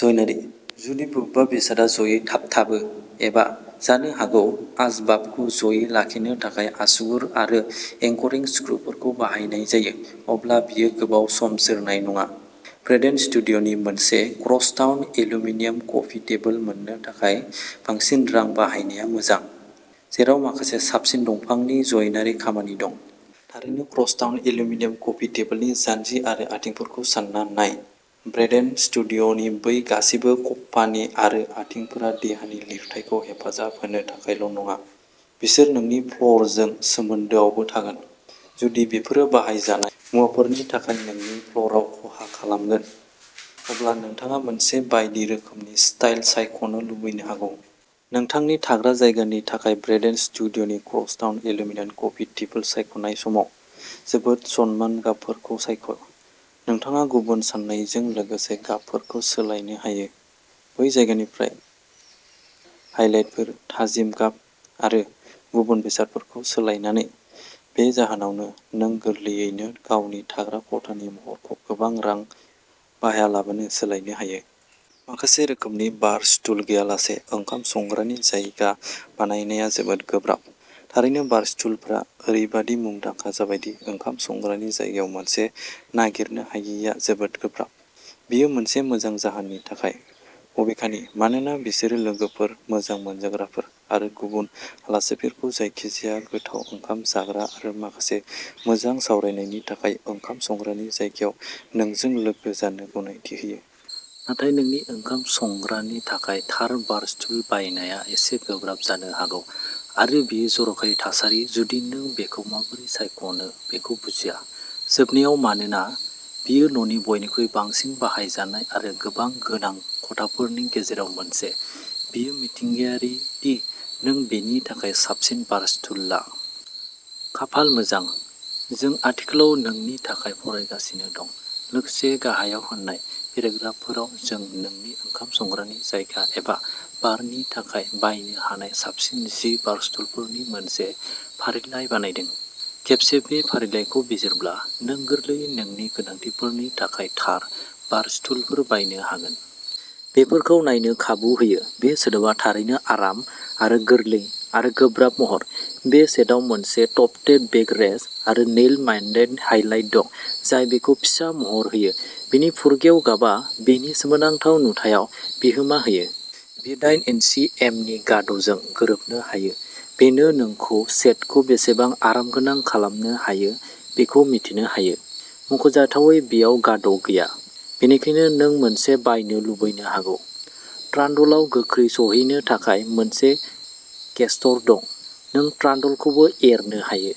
ज'यनारी। जुदि बबेबा बेसादआ ज'यै थाबथाबो एबा जानो हागौ आसबाबखौ ज'यै लाखिनो थाखाय आसुगुर आरो एंकरिं स्क्रुफोरखौ बाहायनाय जायो, अब्ला बेयो गोबाव सम जोरनाय नङा। ब्रेडेन स्टुडिय'नि मोनसे क्रसटाउन एलुमिनियाम कफि टेबुल मोननो थाखाय बांसिन रां बाहायनाया मोजां, जेराव माखासे साबसिन दंफांनि ज'यनारी खामानि दं। थारैनो क्रसटाउन एलुमिनियाम कफि टेबुलनि जानजि आरो आथिंफोरखौ सान्ना नाय। ब्रेडेन स्टुडिय'नि बै गासिबो खप्पानि आरो आथिंफोरा देहानि लिरथाइखौ हेफाजाब होनो थाखायल' नङा, बिसोर नोंनि फ्ल'रजों सोमोन्दोआवबो थागोन। जुदि बेफोरो बाहायजानाय मुवाफोरनि थाखाय नोंनि फ्ल'रआव खहा खालामगोन, अब्ला नोंथाङा मोनसे बायदि रोखोमनि स्टाइल सायख'नो लुबैनो हागौ। नोंथांनि थाग्रा जायगानि थाखाय ब्रेडेन स्टुडिय'नि क्रसटाउन एलुमिनियाम कफि टेबुल सायख'नाय समाव, जोबोद समान गाबफोरखौ सायख'। नोंथाङा गुबुन साजायनायजों लोगोसे गाबफोरखौ सोलायनो हायो। बै जायगानिफ्राय हाइलाइटफोर, थाजिम गाब आरो गुबुन बेसादफोरखौ सोलायनानै। बे जाहोनावनो, नों गोरलैयैनो गावनि थाग्रा खथानि महरखौ गोबां रां बाहायालाबानो सोलायनो हायो। माखासे रोखोमनि बार स्टुल गैयालासे ओंखाम संग्रानि जायगा बानायनाया जोबोद गोब्राब। थारैनो, बारस्टुलफोरा ओरैबायदि मुंदांखा जाबाय दि ओंखाम संग्रानि जायगायाव मोनसे नागिरनो हायैआ जोबोद गोब्राब। बेयो मोनसे मोजां जाहोननि थाखाय, बबेखानि, मानोना बिसोरो लोगोफोर, मोजां मोनजाग्राफोर, आरो गुबुन आलासिफोरखौ जायखिजाया गोथाव ओंखाम जाग्रा आरो माखासे मोजां सावरायनायनि थाखाय ओंखाम संग्रानि जायगायाव नोंजों लोगो जानो गनायथि होयो। नाथाय नोंनि ओंखाम संग्रानि थाखाय थार बारस्टुल बायनाया एसे गोब्राब जानो हागौ, आरो बेयो जर'खायै थासारि, जुदि नों बेखौ माबोरै सायख'नो बेखौ बुजिया। जोबनायाव, मानोना बेयो न'नि बयनिख्रुइ बांसिन बाहायजानाय आरो गोबां गोनां खथाफोरनि गेजेराव मोनसे, बेयो मिथिंगायारि दि नों बेनि थाखाय साबसिन बार स्टुलफोर ला। खाफाल मोजां, जों आथिखालाव नोंनि थाखाय फरायगासिनो दं, लोगोसे गाहायाव होनाय पेराग्राफफोराव जों नोंनि ओंखाम संग्रानि जायगा एबा बारनि थाखाय बायनो हानाय साबसिन जि बारस्टुलफोरनि मोनसे फारिलाइ बानायदों। खेबसे बे फारिलाइखौ बिजिरब्ला, नों गोरलैयैनो नोंनि गोनांथिफोरनि थाखाय थार बारस्टुलफोर बायनो हागोन। बेफोरखौ नायनो खाबु होयो बे सोदोबा थारैनो आराम आरो गोरलै आरो गोब्राब महर। बे सेटाव मोनसे टफ्टेड बेक रेस्ट आरो नेल माइन्ड हाइलाइट दं जाय बेखौ फिसा महर होयो। बेनि फुरगेव गाबा बेनि सोमोनांथाव नुथायाव बिहोमा होयो। बेयो दायेन इन्सि एमनि गाद' जों गोरोबनो हायो। बेनो नोंखौ सेटखौ बेसेबां आरामगोनां खालामनो हायो बेखौ मिथिनो होयो। मख'जाथावै, बेयाव गाद' गैया। बेनिखायनो नों मोनसे बायनो लुबैनो हागौ। ट्रान्डलाव गोख्रै सौहैनो थाखाय मोनसे केस्टर दं। नों ट्रान्डलखौबो एरनो हायो।